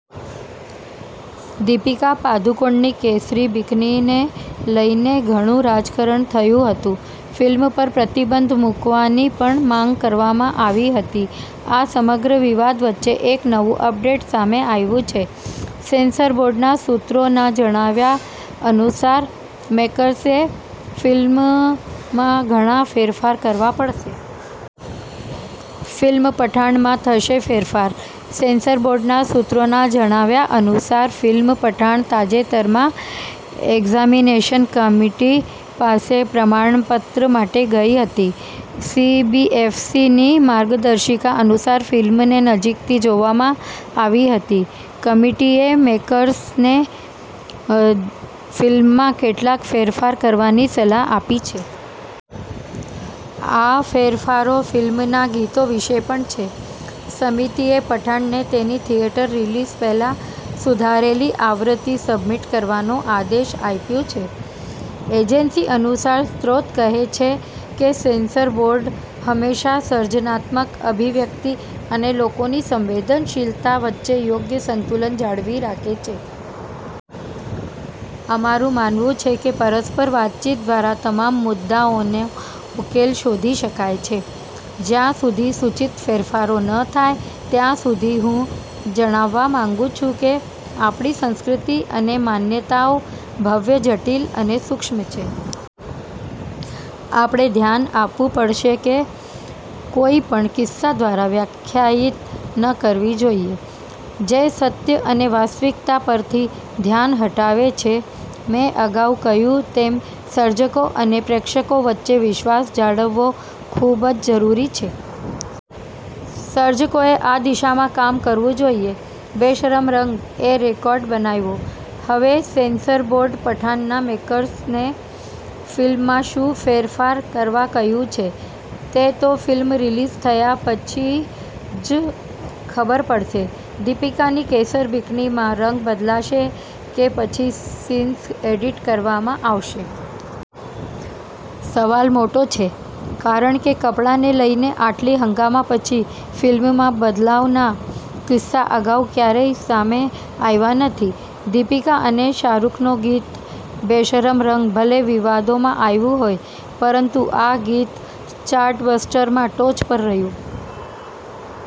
દીપિકા પાદુકોણની 'કેસરી બિકીની'ને લઈને ઘણું રાજકારણ થયું હતું. ફિલ્મ પર પ્રતિબંધ મૂકવાની પણ માંગ કરવામાં આવી હતી. આ સમગ્ર વિવાદ વચ્ચે એક નવું અપડેટ સામે આવ્યું છે. સેન્સર બોર્ડના સૂત્રોના જણાવ્યા અનુસાર મેકર્સે ફિલ્મમાં ઘણા ફેરફાર કરવા પડશે. ફિલ્મ 'પઠાણ'માં થશે ફેરફાર? સેન્સર બોર્ડના સૂત્રોના જણાવ્યા અનુસાર, ફિલ્મ પઠાણ તાજેતરમાં એક્ઝામિનેશન કમિટી પાસે પ્રમાણપત્ર માટે ગઈ હતી. સીબીએફસીની માર્ગદર્શિકા અનુસાર ફિલ્મને નજીકથી જોવામાં આવી હતી. કમિટીએ મેકર્સને ફિલ્મમાં કેટલાક ફેરફાર કરવાની સલાહ આપી છે. આ ફેરફારો ફિલ્મના ગીતો વિશે પણ છે. સમિતિએ પઠાણને તેની થિયેટર રિલીઝ પહેલાં સુધારેલી આવૃત્તિ સબમિટ કરવાનો આદેશ આપ્યો છે. એજન્સી અનુસાર, સ્ત્રોત કહે છે કે "સેન્સર બોર્ડ હંમેશા સર્જનાત્મક અભિવ્યક્તિ અને લોકોની સંવેદનશીલતા વચ્ચે યોગ્ય સંતુલન જાળવી રાખે છે. " અમારું માનવું છે કે પરસ્પર વાતચીત દ્વારા તમામ મુદ્દાઓનો ઉકેલ શોધી શકાય છે. જ્યાં સુધી સૂચિત ફેરફારો ન થાય ત્યાં સુધી, હું જણાવવા માંગુ છું કે આપણી સંસ્કૃતિ અને માન્યતાઓ ભવ્ય, જટિલ અને સૂક્ષ્મ છે. "આપણે ધ્યાન આપવું પડશે કે તેને કોઈપણ કિસ્સા દ્વારા વ્યાખ્યાયિત ન કરવી જોઈએ. જે સત્ય અને વાસ્તવિકતા પરથી ધ્યાન હટાવે છે. મેં અગાઉ કહ્યું તેમ સર્જકો અને પ્રેક્ષકો વચ્ચે વિશ્વાસ જાળવવો ખૂબ જ જરૂરી છે. સર્જકોએ આ દિશામાં કામ કરવું જોઈએ. 'બેશરમ રંગ' એ રેકોર્ડ બનાવ્યો: હવે સેન્સર બોર્ડે પઠાણના મેકર્સને ફિલ્મમાં શું ફેરફાર કરવા કહ્યું છે, તે તો ફિલ્મ રિલીઝ થયા પછી જ ખબર પડશે. દીપિકાની 'કેસર બિકીની'માં રંગ બદલાશે કે પછી સીન્સ એડિટ કરવામાં આવશે? સવાલ મોટો છે, કારણ કે કપડાને લઈને આટલી હંગામા પછી ફિલ્મમાં બદલાવના કિસ્સા અગાઉ ક્યારેય સામે આવ્યા નથી. દીપિકા અને શાહરૂખનું ગીત બેશરમ રંગ ભલે વિવાદોમાં આવ્યું હોય, પરંતુ આ ગીત ચાર્ટબસ્ટરમાં ટોચ પર રહ્યું.